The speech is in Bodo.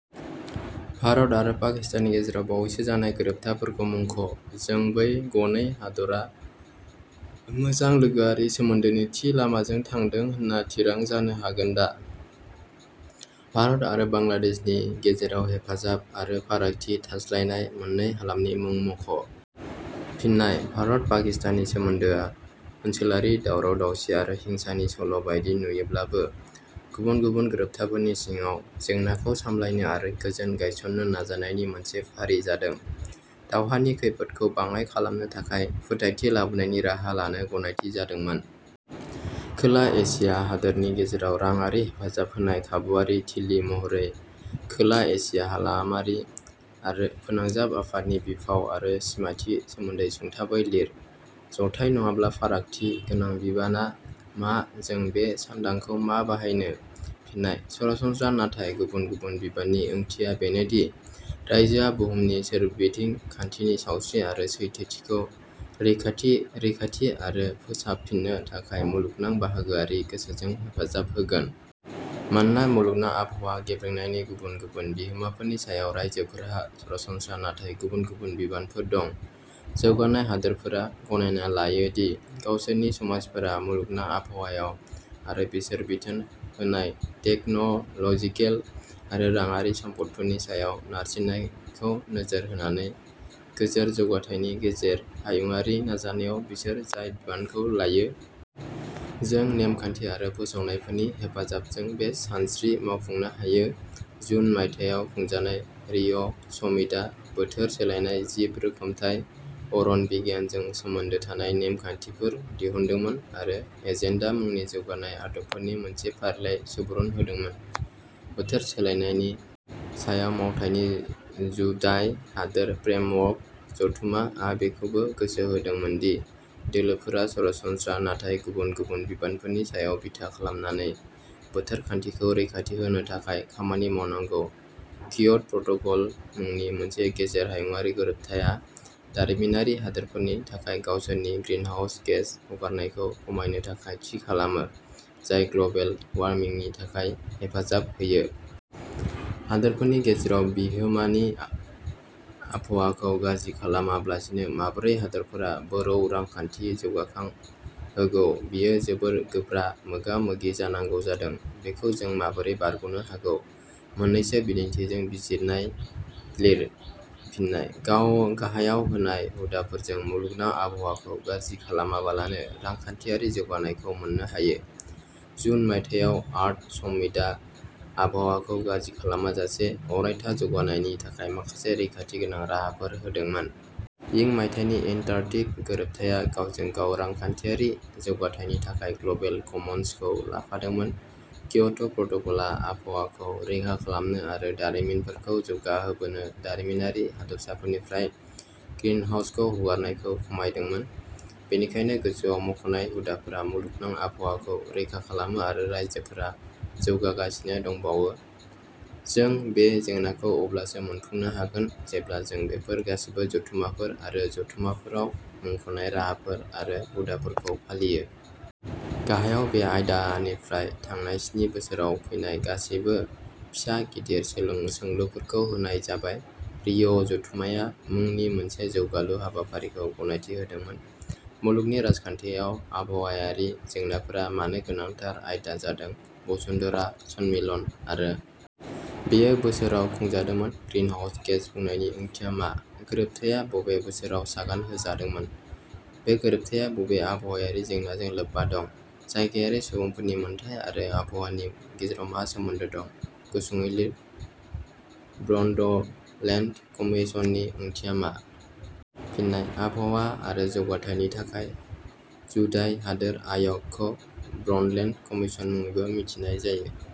भारत आरो पाकिस्ताननि गेजेराव बावैसो जानाय गोरोबथा फोरखौ मुंख'। जों बै गनै हादरा मोजां लोगोयारि सोमोन्दोनि थि लामाजों थांदों होनना थिरां जानो हागौदा? भारत आरो बांलादेशनि गेजेराव हेफाजाब आरो फारागथि थाज्लायनाय मोननै हालामनि मुं मुख'। फिन्नाय: भारत-पाकिस्ताननि सोमोन्दोआ ओनसोलारि दावराव-दावसि आरो हिंसानि सल' बायदि नुयोब्लाबो, गुबुन गुबुन गोरोबथाफोरनि सिङाव जेंनाखौ सामलायनो आरो गोजोन गायसननो नाजानायनि मोनसे फारि जादों: दावहानि खैफोदखौ बाङाय खालामनो थाखाय फोथायथि लाबोनायनि राहा लानो गनायथि जादोंमोन। खोला एचिया हादरनि गेजेराव राङारि हेफाजाब होनाय खाबुवारि थिलि महरै खोला एचिया हालामारि फोनांजाब आफादनि बिफाव आरो सिमाथि सोमोन्दै सुंथाबै लिर। जथाइ नङाब्ला फारागथि गोनां बिबाना मा? जों बे सान्दांखौ मा बाहायनो? फिननाय: सरासनस्रा नाथाय गुबुन-गुबुन बिबाननि ओंथिया बेनोदि रायजोआ बुहुमनि सोरबिथिं खान्थिनि सावस्रि आरो सैथोथिखौ रैखाथि, रैखाथि आरो फोसाबफिन्नो थाखाय मुलुगनां बाहागोआरि गोसोजों हेफाजाब होगोन। मानोना मुलुगनां आबहावा गेब्रेंनायनि गुबुन गुबुन बिहोमाफोरनि सायाव रायजोफोरहा सरासनस्रा नाथाय गुबुन-गुबुन बिबानफोर दं। जौगानाय हादोरफोरा गनायना लायो दि गावसोरनि समाजफोरा मुलुगनां आबहावायाव आरो बिसोर बिथोन होनाय टेक-न 'ल 'जिकेल आरो राङारि सम्फदफोरनि सायाव नारसिननायखौ नोजोर होनानै गोजोर जौगाथायनि गेजेर हायुंआरि नाजानायाव बिसोर जाय बिबानखौ लायो। जों नेमखान्थि आरो फोसावनायफोरनि हेफाजाबजों बे सानस्रि मावफुंनो हायो :.जुन मायथाइयाव खुंजानाय रिअ'-समिटआ बोथोर सोलायनाय, जिब रोखोमथाय, अरन बिगियानजों सोमोन्दो थानाय नेमखान्थिफोर दिहुनदोंमोन आरो एजेन्डा मुंनि जौगानाय आदबफोरनि मोनसे फारिलाइ सुबुरुन होदोंमोन।.बोथोर सोलायनायनि सायाव मायथाइनि जुधाइ, हादोर फ्रेमवर्क जथुम्मा आ बेखौबो गोसो होदोंमोन दि दोलोफोरा सरासनस्त्रा नाथाय गुबुन गुबुन बिबानफोरनि सायाव बिथा खालामनाने बोथोर खान्थिखौ रैखाथि होनो थाखाय खामानि मावनांगौ; क्योट' प्रट'कल मुनि मोनसे गेजेर हायुंआरि गोरोबथाया दारिमिनारि हादोरफोरनि थाखाय गावसोरनि ग्रीनहाउस गेस हगारनायखौ खमायनो थांखि थि खालामो जाय ग्ल 'बेल वार्मिनि थाखाय हेफाजाब होयो। हादरफोनि गेजेराव बिहिमनि आबहावाखौ गाज्रि खालामाब्लासिनो माबोरै हादरफोरा बोरौ रांखान्थि जौगाखां हागौ बियो जोबोर गोब्रा मोगा मोगि जानांगौ जादों? बेखौ जों माबोरै बारग 'नो हागौ? मोननैसो बिदिन्थिजों बिजिरनाय लिए। फिन्नाय: गाहायाव होनाय हुदाफोरजों मुलुगनां आबहावाखौ गाज्रि खालामालाबानो रांखान्थियारि जौगानायखौ मोननो हायो: जुन मायथाइयाव, आर्थ समिटआ आबहावाखौ गाज्रि खालामाजासे अरायथा जौगानायनि थाखाय माखासे रैखाथि गोनां राहाफोर होदोंमोन। इं मायथाइनि एन्टार्कटिक गोरोबथाया गावजों गाव रांखान्थियारि जौगाथायनि थाखाय ग्लबेल कमन्सखौ लाफादोंमोन। क्योट' प्रट'कलआ आबहावाखौ रैखा खालामनो आरो दारिमिनफोरखौ जौगाहोनोबो दारिमिनारि हादोरफोरनिफ्राय ग्रीनहाउस हगारनायखौ खमायदोंमोन। बेनिखायनो, गोजौआव मख'नाय हुदाफोरा मुलुगनां आबहावाखौ रैखा खालामो आरो रायजोफोरा जौगागासिनो दंब्लाबो जों बे जेंनाखौ अब्लासो मोनफुंनो हागोन जेब्ला जों बेफोर गासैबो जथुम्माफोर आरो जथुम्माफोराव मुंख 'नाय राहाफोर आरो हुदाफोरखौ फालियो। गाहायाव बे आयदानिफ्राय थांनाय स्नि बोसोराव फैनाय गासैबो फिसा- गिदिर सोंलुफोरखौ होनाय जाबाय। रि. अ. जथुम्माया - मुंनि मोनसे जौगालु हाबाफारिखौ गनायथि होदोंमोन। मुलुगनि राजखान्थियाव आबहावायारि जेंनाफोरा मानो गोनांथार आयदा जादों? बसुन्धरा सम्मेलन आरो…. बेयो बोसोराव खुंजादोंमोन। 'ग्रीनहाउस गेस' बुंनायनि ओंथिया मा? गोरोबथाया बबे बोसोराव सागान होजादोंमोन? बे गोरोबथाया बबे आबहावायारि जेंनाजों लोब्बा दं? जायगायारि सुबुंफोरनि मोन्थाय आरो आबहावानि गेजेराव मा सोमोन्दो दं? गुसुङै लिर। ब्रन्डलेन्ड कमिसननि ओंथिया मा? फिन्नाय: आबहावा आरो जौगाथायनि थाखाय जुधाइ हादोर आय 'गखौ ब्रन्डलेन्ड कमिसन मुङैबो मिथिनाय जायो।